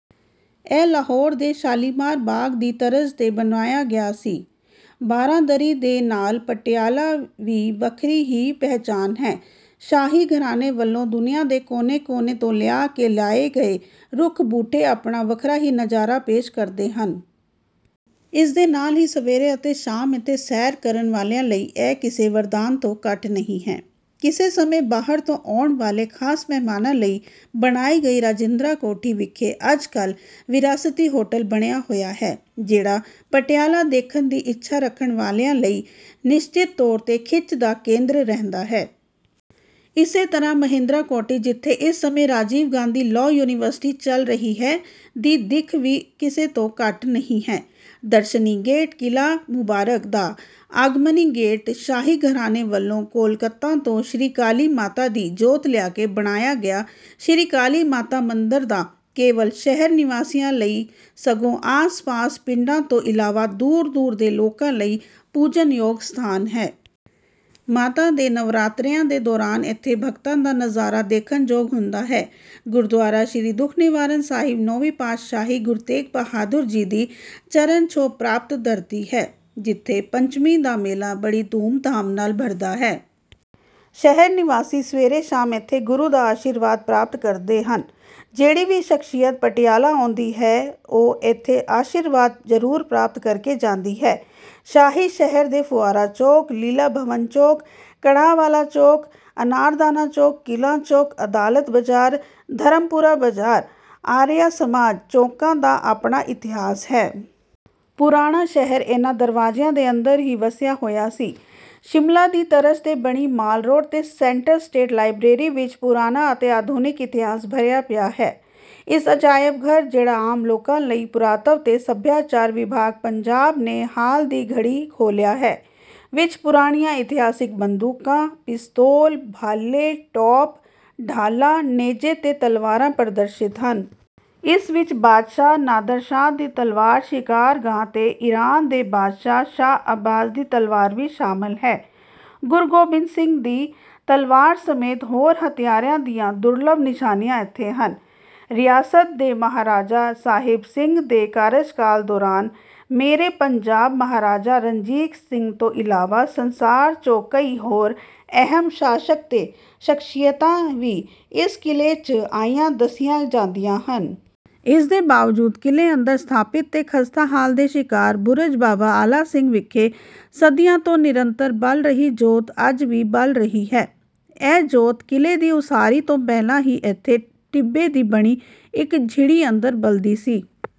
ਇਹ ਲਾਹੌਰ ਦੇ ਸ਼ਾਲੀਮਾਰ ਬਾਗ ਦੀ ਤਰਜ਼ 'ਤੇ ਬਣਾਇਆ ਗਿਆ ਸੀ। ਬਾਰਾਂਦਰੀ ਦੇ ਨਾਲ ਪਟਿਆਲਾ ਦੀ ਵੱਖਰੀ ਹੀ ਪਹਿਚਾਣ ਹੈ। ਸ਼ਾਹੀ ਘਰਾਣੇ ਵੱਲੋਂ ਦੁਨੀਆਂ ਦੇ ਕੋਨੇ- ਕੋਨੇ ਤੋਂ ਲਿਆ ਕੇ ਲਾਏ ਗਏ ਰੁੱਖ ਬੂਟੇ ਆਪਣਾ ਵੱਖਰਾ ਹੀ ਨਜ਼ਾਰਾ ਪੇਸ਼ ਕਰਦੇ ਹਨ। ਇਸ ਦੇ ਨਾਲ ਹੀ ਸਵੇਰੇ ਅਤੇ ਸ਼ਾਮ ਇਥੇ ਸੈਰ ਕਰਨ ਵਾਲਿਆਂ ਲਈ ਇਹ ਕਿਸੇ ਵਰਦਾਨ ਤੋਂ ਘੱਟ ਨਹੀਂ ਹੈ। ਕਿਸੇ ਸਮੇਂ ਬਾਹਰ ਤੋਂ ਆਉਣ ਵਾਲੇ ਖਾਸ ਮਹਿਮਾਨਾਂ ਲਈ ਬਣਾਈ ਗਈ ਰਾਜਿੰਦਰਾ ਕੋਠੀ ਵਿਖੇ ਅੱਜ ਕੱਲ੍ਹ ਵਿਰਾਸਤੀ ਹੋਟਲ ਬਣਿਆ ਹੋਇਆ ਹੈ, ਜਿਹੜਾ ਪਟਿਆਲਾ ਦੇਖਣ ਦੀ ਇੱਛਾ ਰੱਖਣ ਵਾਲਿਆਂ ਲਈ ਨਿਸ਼ਚਿਤ ਤੌਰ 'ਤੇ ਖਿੱਚ ਦਾ ਕੇਂਦਰ ਰਹਿੰਦਾ ਹੈ। ਇਸੇ ਤਰ੍ਹਾਂ ਮਹਿੰਦਰਾ ਕੋਠੀ ਜਿਥੇ ਇਸ ਸਮੇਂ ਰਾਜੀਵ ਗਾਂਧੀ ਲਾਅ ਯੂਨੀਵਰਸਿਟੀ ਚੱਲ ਰਹੀ ਹੈ, ਦੀ ਦਿੱਖ ਵੀ ਕਿਸੇ ਤੋਂ ਘੱਟ ਨਹੀਂ ਹੈ। ਦਰਸ਼ਨੀ ਗੇਟ ਕਿਲ੍ਹਾ ਮੁਬਾਰਕ ਦਾ ਆਗਮਨੀ ਗੇਟ ਸ਼ਾਹੀ ਘਰਾਣੇ ਵੱਲੋਂ ਕੋਲਕਾਤਾ ਤੋਂ ਸ੍ਰੀ ਕਾਲੀ ਮਾਤਾ ਦੀ ਜੋਤ ਲਿਆ ਕੇ ਬਣਾਇਆ ਗਿਆ ਸ੍ਰੀ ਕਾਲੀ ਮਾਤਾ ਮੰਦਰ ਨਾ ਕੇਵਲ ਸ਼ਹਿਰ ਨਿਵਾਸੀਆਂ ਲਈ, ਸਗੋਂ ਆਸ ਪਾਸ ਪਿੰਡਾਂ ਤੋਂ ਇਲਾਵਾ ਦੂਰ ਦੂਰ ਦੇ ਲੋਕਾਂ ਲਈ ਪੂਜਣਯੋਗ ਸਥਾਨ ਹੈ। ਮਾਤਾ ਦੇ ਨਵਰਾਤਰਿਆਂ ਦੇ ਦੌਰਾਨ ਇਥੇ ਭਗਤਾਂ ਦਾ ਨਜ਼ਾਰਾ ਦੇਖਣਯੋਗ ਹੁੰਦਾ ਹੈ। ਗੁਰਦੁਆਰਾ ਸ੍ਰੀ ਦੁੱਖ ਨਿਵਾਰਨ ਸਾਹਿਬ ਨੌਵੀਂ ਪਾਤਸ਼ਾਹੀ ਗੁਰੂ ਤੇਗ ਬਹਾਦੁਰ ਜੀ ਦੀ ਚਰਨ ਛੋਹ ਪ੍ਰਾਪਤ ਧਰਤੀ ਹੈ, ਜਿੱਥੇ ਪੰਚਮੀ ਦਾ ਮੇਲਾ ਬੜੀ ਧੂਮ ਧਾਮ ਨਾਲ ਭਰਦਾ ਹੈ। ਸ਼ਹਿਰ ਨਿਵਾਸੀ ਸਵੇਰੇ-ਸ਼ਾਮ ਇਥੇ ਗੁਰੂ ਦਾ ਆਸ਼ੀਰਵਾਦ ਪ੍ਰਾਪਤ ਕਰਦੇ ਹਨ। ਜਿਹੜੀ ਵੀ ਸ਼ਖਸ਼ੀਅਤ ਪਟਿਆਲਾ ਆਉਂਦੀ ਹੈ, ਉਹ ਇਥੇ ਆਸ਼ੀਰਵਾਦ ਜ਼ਰੂਰ ਪ੍ਰਾਪਤ ਕਰਕੇ ਜਾਂਦੀ ਹੈ। ਸ਼ਾਹੀ ਸ਼ਹਿਰ ਦੇ ਫੁਹਾਰਾ ਚੌਂਕ, ਲੀਲਾ ਭਵਨ ਚੌਂਕ, ਕੜਾਹ ਵਾਲਾ ਚੌਂਕ, ਅਨਾਰਦਾਨਾ ਚੌਂਕ, ਕਿਲ੍ਹਾ ਚੌਂਕ, ਅਦਾਲਤ ਬਜ਼ਾਰ, ਧਰਮਪੁਰਾ ਬਜ਼ਾਰ, ਆਰੀਆ ਸਮਾਜ ਚੌਕਾਂ ਦਾ ਆਪਣਾ ਇਤਿਹਾਸ ਹੈ। ਪੁਰਾਣਾ ਸ਼ਹਿਰ ਇਨ੍ਹਾਂ ਦਰਵਾਜ਼ਿਆਂ ਦੇ ਅੰਦਰ ਹੀ ਵਸਿਆ ਹੋਇਆ ਸੀ। ਸ਼ਿਮਲਾ ਦੀ ਤਰਜ਼ 'ਤੇ ਬਣੀ ਮਾਲ ਰੋਡ 'ਤੇ ਸੈਂਟਰ ਸਟੇਟ ਲਾਇਬਰੇਰੀ ਵਿਚ ਪੁਰਾਣਾ ਅਤੇ ਅਧੁਨਿਕ ਇਤਿਹਾਸ ਭਰਿਆ ਪਿਆ ਹੈ। ਇਸ ਅਜਾਇਬਘਰ, ਜਿਹੜਾ ਆਮ ਲੋਕਾਂ ਲਈ ਪੁਰਾਤਵ ਤੇ ਸੱਭਿਆਚਾਰਕ ਵਿਭਾਗ ਪੰਜਾਬ ਨੇ ਹਾਲ ਦੀ ਘੜੀ ਖੋਲ੍ਹਿਆ ਹੈ, ਵਿੱਚ ਪੁਰਾਣੀਆਂ ਇਤਿਹਾਸਕ ਬੰਦੂਕਾਂ, ਪਿਸਤੌਲ, ਭਾਲੇ, ਟੋਪ, ਢਾਲਾਂ, ਨੇਜੇ ਤੇ ਤਲਵਾਰਾਂ ਪ੍ਰਦਰਸ਼ਿਤ ਹਨ। ਇਸ ਵਿੱਚ ਬਾਦਸ਼ਾਹ ਨਾਦਰਸ਼ਾਹ ਦੀ ਤਲਵਾਰ 'ਸ਼ਿਕਾਰਗਾਹ' ਤੇ ਈਰਾਨ ਦੇ ਬਾਦਸ਼ਾਹ ਸ਼ਾਹ ਅੱਬਾਸ ਦੀ ਤਲਵਾਰ ਵੀ ਸ਼ਾਮਲ ਹੈ। ਗੁਰੂ ਗੋਬਿੰਦ ਸਿੰਘ ਦੀ ਤਲਵਾਰ ਸਮੇਤ ਹੋਰ ਹਥਿਆਰਾਂ ਦੀਆਂ ਦੁਰਲੱਭ ਨਿਸ਼ਾਨੀਆਂ ਇੱਥੇ ਹਨ। ਰਿਆਸਤ ਦੇ ਮਹਾਰਾਜਾ ਸਾਹਿਬ ਸਿੰਘ ਦੇ ਕਾਰਜਕਾਲ ਦੌਰਾਨ ਸ਼ੇਰੇ ਪੰਜਾਬ ਮਹਾਰਾਜਾ ਰਣਜੀਤ ਸਿੰਘ ਤੋਂ ਇਲਾਵਾ ਸੰਸਾਰ 'ਚੋਂ ਕਈ ਹੋਰ ਅਹਿਮ ਸ਼ਾਸਕ ਤੇ ਸ਼ਖਸੀਅਤਾਂ ਵੀ ਇਸ ਕਿਲ੍ਹੇ 'ਚ ਆਈਆਂ ਦੱਸੀਆਂ ਜਾਂਦੀਆਂ ਹਨ। ਇਸ ਦੇ ਬਾਵਜੂਦ ਕਿਲ੍ਹੇ ਅੰਦਰ ਸਥਾਪਿਤ ਤੇ ਖਸਤਾ ਹਾਲ ਦੇ ਸ਼ਿਕਾਰ 'ਬੁਰਜ ਬਾਬਾ ਆਲਾ ਸਿੰਘ' ਵਿਖੇ ਸਦੀਆਂ ਤੋਂ ਨਿਰੰਤਰ ਬਲ ਰਹੀ ਜੋਤ ਅੱਜ ਵੀ ਬਲ ਰਹੀ ਹੈ। ਇਹ ਜੋਤ ਕਿਲ੍ਹੇ ਦੀ ਉਸਾਰੀ ਤੋਂ ਪਹਿਲਾਂ ਹੀ ਇਥੇ ਟਿੱਬੇ ਦੀ ਬਣੀ ਇੱਕ ਝਿੜੀ ਅੰਦਰ ਬਲਦੀ ਸੀ।